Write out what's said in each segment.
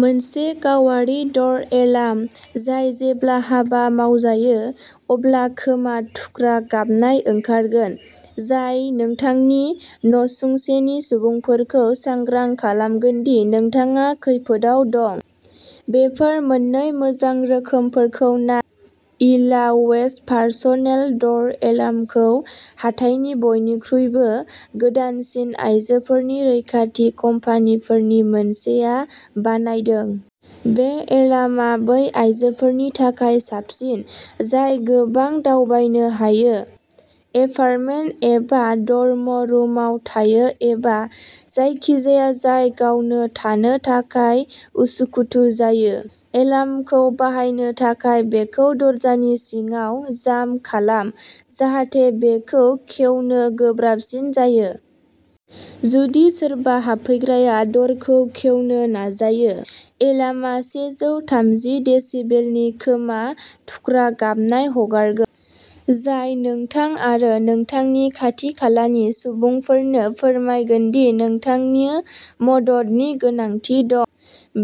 मोनसे गावारि द'र एलार्म, जाय जेब्ला हाबा मावजायो, अब्ला खोमा थुख्रा गाबनाय ओंखारगोन, जाय नोंथांनि न'सुंसेनि सुबुंफोरखौ सांग्रां खालामगोन दि नोंथाङा खैफोदआव दं। बेफोर मोननै मोजां रोखोमफोरखौ नाय। इला वेज पार्सनेल द'र एलार्मखौ हाथाइनि बयनिख्रुइबो गोदानसिन आयजोफोरनि रैखाथि कम्पानिफोरनि मोनसेआ बानायदों। बे एलार्मआ बै आयजोफोरनि थाखाय साबसिन, जाय गोबां दावबायनो हायो, एपार्टमेन्ट एबा डर्म रुमाव थायो, एबा जायखिजाया जाय गावनो थानो थाखाय उसुखुथु जायो। एलार्मखौ बाहायनो थाखाय, बेखौ दरजानि सिङाव जाम खालाम, जाहाथे बेखौ खेवनो गोब्राबसिन जायो। जुदि सोरबा हाबफैग्राया द'रखौ खेवनो नाजायो, एलार्मआ सेजौ थामजि डेसिबेलनि खोमा थुख्रा गाबनाय हगारगोन, जाय नोंथां आरो नोंथांनि खाथि खालानि सुबुंफोरनो फोरमायगोन दि नोंथांनो मददनि गोनांथि दं।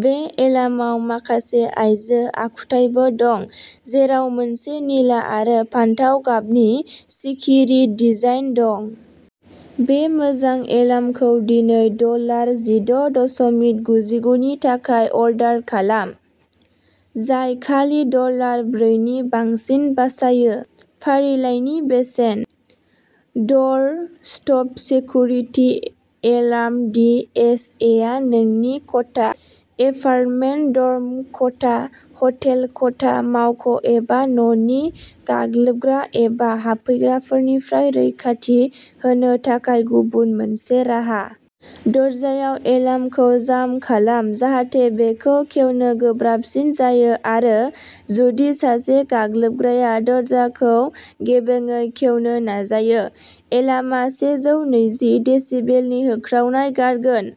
बे एलार्माव माखासे आइजो आखुथायबो दं, जेराव मोनसे निला आरो फान्थाव गाबनि सिखिरि डिजाइन दं। बे मोजां एलार्मखौ दिनै डलार जि द' दसमिक गुजिगुनि थाखाय अर्डार खालाम, जाय खालि डलार ब्रैनि बांसिन बासायो। फारिलाइनि बेसेन! Door stop security alarm D S A आ नोंनि खथा, एपार्टमेन्ट, ड'र्म खथा, हटेल खथा, मावख' एबा न'नि गाग्लोबग्रा एबा हाबफैग्राफोरनिफ्राय रैखाथि होनो थाखाय गुबुन मोनसे राहा। दरजायाव एलार्मखौ जाम खालाम, जाहाथे बेखौ खेवनो गोब्राबसिन जायो, आरो जुदि सासे गाग्लोबग्राया दरजाखौ गेबेंयै खेवनो नाजायो, एलार्मआ सेजौ नैजि डेसिबेलनि होख्रावनाय गारगोन।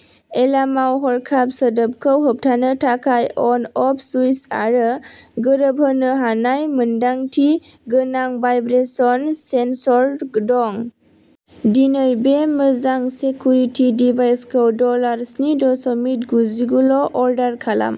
एलार्मआव हरखाब सोमोन्दोखौ होबथानो थाखाय अन अफ सुइच आरो गोरोबहोनो हानाय मोनदांथि गोनां भाइब्रेशन सेनसर दं। दिनै बे मोजां सेकुरिटि डिभाइसखौ डलार स्नि दसमिक गुजिगुल' अर्डार खालाम!